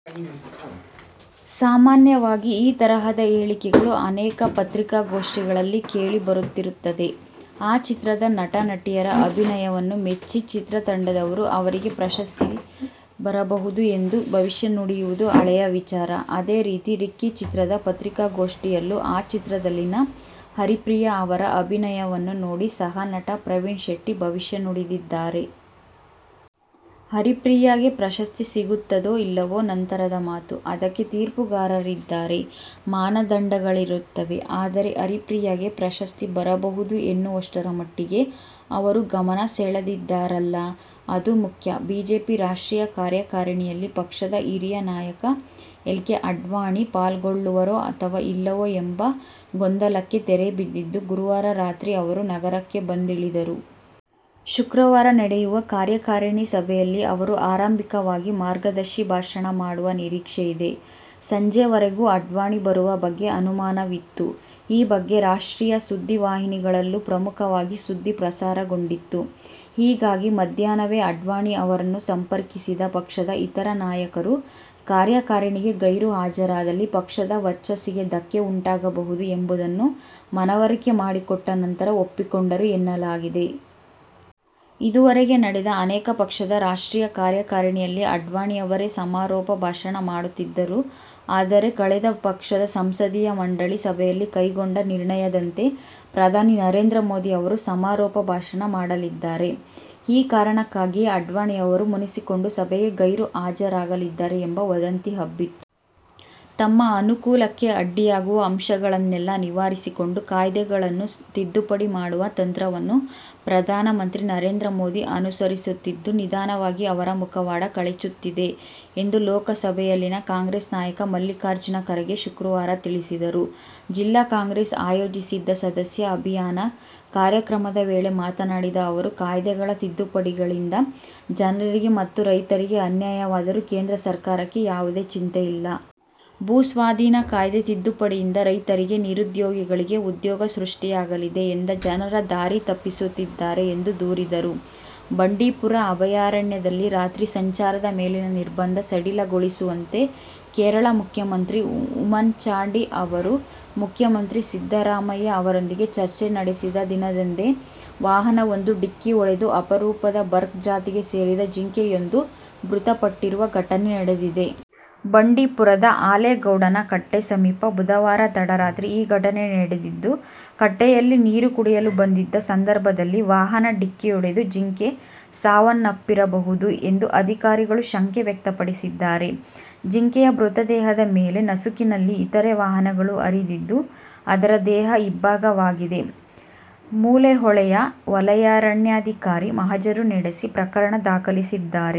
ಸಾಮಾನ್ಯವಾಗಿ ಈ ತರಹದ ಹೇಳಿಕೆಗಳು ಅನೇಕ ಪತ್ರಿಕಾಗೋಷ್ಠಿಗಳಲ್ಲಿ ಕೆಳಿ ಬರುತ್ತಿರುತ್ತದೆ. ಆ ಚಿತ್ರದ ನಟ, ನಟಿಯರ ಅಭಿನಯವನ್ನು ಮೆಚ್ಚಿ ಚಿತ್ರತಂಡದವರು, ಅವರಿಗೆ ಪ್ರಶಸ್ತಿ ಬರಬಹುದು ಎಂದು ಭವಿಷ್ಯ ನುಡಿಯುವುದು ಹಳೆಯ ವಿಚಾರ. ಅದೇ ರೀತಿ, "ರಿಕ್ಕಿ' ಚಿತ್ರದ ಪತ್ರಿಕಾಗೋಷ್ಠಿಯಲ್ಲೂ, ಆ ಚಿತ್ರದಲ್ಲಿನ ಹರಿಪ್ರಿಯಾ ಅವರ ಅಭಿನಯವನ್ನು ನೋಡಿ ಸಹನಟ ಪ್ರವೀಣ್ ಶೆಟ್ಟಿ ಭವಿಷ್ಯ ನುಡಿದಿದ್ದಾರೆ. ಹರಿಪ್ರಿಯಾಗೆ ಪ್ರಶಸ್ತಿ ಸಿಗುತ್ತದೋ ಇಲ್ಲವೋ ನಂತರದ ಮಾತು. ಅದಕ್ಕೆ ತೀರ್ಪುಗಾರರಿದ್ದಾರೆ, ಮಾನದಂಡಗಳಿರುತ್ತವೆ. ಆದರೆ, ಹರಿಪ್ರಿಯಾಗೆ ಪ್ರಶಸ್ತಿ ಬರಬಹುದು ಎನ್ನುವಷ್ಟರ ಮಟ್ಟಿಗೆ ಅವರು ಗಮನ ಸೆಳೆದಿದ್ದಾರಲ್ಲ. ಅದು ಮುಖ್ಯ. ಬಿಜೆಪಿ ರಾಷ್ಟ್ರೀಯ ಕಾರ್ಯಕಾರಿಣಿಯಲ್ಲಿ ಪಕ್ಷದ ಹಿರಿಯ ನಾಯಕ ಎಲ್. ಕೆ. ಅಡ್ವಾಣಿ ಪಾಲ್ಗೊಳ್ಳುವರೋ ಅಥವಾ ಇಲ್ಲವೋ ಎಂಬ ಗೊಂದಲಕ್ಕೆ ತೆರೆ ಬಿದ್ದಿದ್ದು, ಗುರುವಾರ ರಾತ್ರಿ ಅವರು ನಗರಕ್ಕೆ ಬಂದಿಳಿದರು. ಶುಕ್ರವಾರ ನಡೆಯುವ ಕಾರ್ಯಕಾರಿಣಿ ಸಭೆಯಲ್ಲಿ ಅವರು ಆರಂಭಿಕವಾಗಿ ಮಾರ್ಗದರ್ಶಿ ಭಾಷಣ ಮಾಡುವ ನಿರೀಕ್ಷೆಯಿದೆ. ಸಂಜೆವರೆಗೂ ಅಡ್ವಾಣಿ ಬರುವ ಬಗ್ಗೆ ಅನುಮಾನವಿತ್ತು. ಈ ಬಗ್ಗೆ ರಾಷ್ಟ್ರೀಯ ಸುದ್ದಿವಾಹಿನಿಗಳಲ್ಲೂ ಪ್ರಮುಖವಾಗಿ ಸುದ್ದಿ ಪ್ರಸಾರಗೊಂಡಿತ್ತು. ಹೀಗಾಗಿ ಮಧ್ಯಾಹ್ನವೇ ಅಡ್ವಾಣಿ ಅವರನ್ನು ಸಂಪರ್ಕಿಸಿದ ಪಕ್ಷದ ಇತರ ನಾಯಕರು ಕಾರ್ಯಕಾರಿಣಿಗೆ ಗೈರು ಹಾಜರಾದಲ್ಲಿ ಪಕ್ಷದ ವರ್ಚಸ್ಸಿಗೆ ಧಕ್ಕೆ ಉಂಟಾಗಬಹುದು ಎಂಬುದನ್ನು ಮನವರಿಕೆ ಮಾಡಿಕೊಟ್ಟ ನಂತರ ಒಪ್ಪಿಕೊಂಡರು ಎನ್ನಲಾಗಿದೆ. ಇದುವರೆಗೆ ನಡೆದ ಅನೇಕ ಪಕ್ಷದ ರಾಷ್ಟ್ರೀಯ ಕಾರ್ಯಕಾರಿಣಿಯಲ್ಲಿ ಅಡ್ವಾಣಿ ಅವರೇ ಸಮಾರೋಪ ಭಾಷಣ ಮಾಡುತ್ತಿದ್ದರು. ಆದರೆ, ಕಳೆದ ಪಕ್ಷದ ಸಂಸದೀಯ ಮಂಡಳಿ ಸಭೆಯಲ್ಲಿ ಕೈಗೊಂಡ ನಿರ್ಣಯದಂತೆ ಪ್ರಧಾನಿ ನರೇಂದ್ರ ಮೋದಿ ಅವರು ಸಮಾರೋಪ ಭಾಷಣ ಮಾಡಲಿದ್ದಾರೆ. ಈ ಕಾರಣಕ್ಕಾಗಿಯೇ ಅಡ್ವಾಣಿ ಅವರು ಮುನಿಸಿಕೊಂಡು ಸಭೆಗೆ ಗೈರು ಹಾಜರಾಗಲಿದ್ದಾರೆ ಎಂಬ ವದಂತಿ ಹಬ್ಬಿತ್ತು. ತಮ್ಮ ಅನುಕೂಲಕ್ಕೆ ಅಡ್ಡಿಯಾಗುವ ಅಂಶಗಳನ್ನೆಲ್ಲಾ ನಿವಾರಿಸಿಕೊಂಡು ಕಾಯ್ದೆಗಳನ್ನು ತಿದ್ದುಪಡಿ ಮಾಡುವ ತಂತ್ರವನ್ನು ಪ್ರಧಾನಮಂತ್ರಿ ನರೇಂದ್ರಮೋದಿ ಅನುಸರಿಸುತ್ತಿದ್ದು, ನಿಧಾನವಾಗಿ ಅವರ ಮುಖವಾಡ ಕಳಚುತ್ತಿದೆ ಎಂದು ಲೋಕಸಭೆಯಲ್ಲಿನ ಕಾಂಗ್ರೆಸ್ ನಾಯಕ ಮಲ್ಲಿಕಾರ್ಜುನ ಖರ್ಗೆ ಶುಕ್ರವಾರ ತಿಳಿಸಿದರು. ಜಿಲ್ಲಾ ಕಾಂಗ್ರೆಸ್ ಆಯೋಜಿಸಿದ್ದ ಸದಸ್ಯ ಅಭಿಯಾನ ಕಾರ್ಯಕ್ರಮದ ವೇಳೆ ಮಾತನಾಡಿದ ಅವರು, ಕಾಯ್ದೆಗಳ ತಿದ್ದುಪಡಿಗಳಿಂದ ಜನರಿಗೆ ಮತ್ತು ರೈತರಿಗೆ ಅನ್ಯಾಯವಾದರೂ ಕೇಂದ್ರ ಸರ್ಕಾರಕ್ಕೆ ಯಾವುದೇ ಚಿಂತೆಯಿಲ್ಲ. ಭೂಸ್ವಾಧೀನ ಕಾಯ್ದೆ ತಿದ್ದುಪಡಿಯಿಂದ ರೈತರಿಗೆ, ನಿರುದ್ಯೋಗಿಗಳಿಗೆ ಉದ್ಯೋಗ ಸೃಷ್ಟಿಯಾಗಲಿದೆ ಎಂದು ಜನರ ದಾರಿ ತಪ್ಪಿಸುತ್ತಿದ್ದಾರೆ ಎಂದು ದೂರಿದರು. ಬಂಡೀಪುರ ಅಭಯಾರಣ್ಯದಲ್ಲಿ ರಾತ್ರಿ ಸಂಚಾರದ ಮೇಲಿನ ನಿರ್ಬಂಧ ಸಡಿಲಗೊಳಿಸುವಂತೆ ಕೇರಳ ಮುಖ್ಯಮಂತ್ರಿ ಉಮನ್ಚಾಂಡಿ ಅವರು ಮುಖ್ಯಮಂತ್ರಿ ಸಿದ್ದರಾಮಯ್ಯ ಅವರೊಂದಿಗೆ ಚರ್ಚೆ ನಡೆಸಿದ ದಿನದಂದೇ ವಾಹನವೊಂದು ಡಿಕ್ಕಿ ಹೊಡೆದು ಅಪರೂಪದ ಬರ್ಕ್ ಜಾತಿಗೆ ಸೇರಿದ ಜಿಂಕೆಯೊಂದು ಮೃತಪಟ್ಟಿರುವ ಘಟನೆ ನಡೆದಿದೆ. ಬಂಡೀಪುರದ ಆಲೇಗೌಡನ ಕಟ್ಟೆ ಸಮೀಪ ಬುಧವಾರ ತಡರಾತ್ರಿ ಈ ಘಟನೆ ನಡೆದಿದ್ದು, ಕಟ್ಟೆಯಲ್ಲಿ ನೀರು ಕುಡಿಯಲು ಬಂದಿದ್ದ ಸಂದರ್ಭದಲ್ಲಿ ವಾಹನ ಡಿಕ್ಕಿಯೊಡೆದು ಜಿಂಕೆ ಸಾವನ್ನಪ್ಪಿರಬಹುದು ಎಂದು ಅಧಿಕಾರಿಗಳು ಶಂಕೆ ವ್ಯಕ್ತಪಡಿಸಿದ್ದಾರೆ. ಜಿಂಕೆಯ ಮೃತದೇಹದ ಮೇಲೆ ನಸುಕಿನಲ್ಲಿ ಇತರೆ ವಾಹನಗಳು ಹರಿದಿದ್ದು, ಅದರ ದೇಹ ಇಬ್ಭಾಗವಾಗಿದೆ. ಮೂಲೆಹೊಳೆಯ ವಲಯಾರಣ್ಯಾಧಿಕಾರಿ ಮಹಜರು ನಡೆಸಿ ಪ್ರಕರಣ ದಾಖಲಿಸಿದ್ದಾರೆ.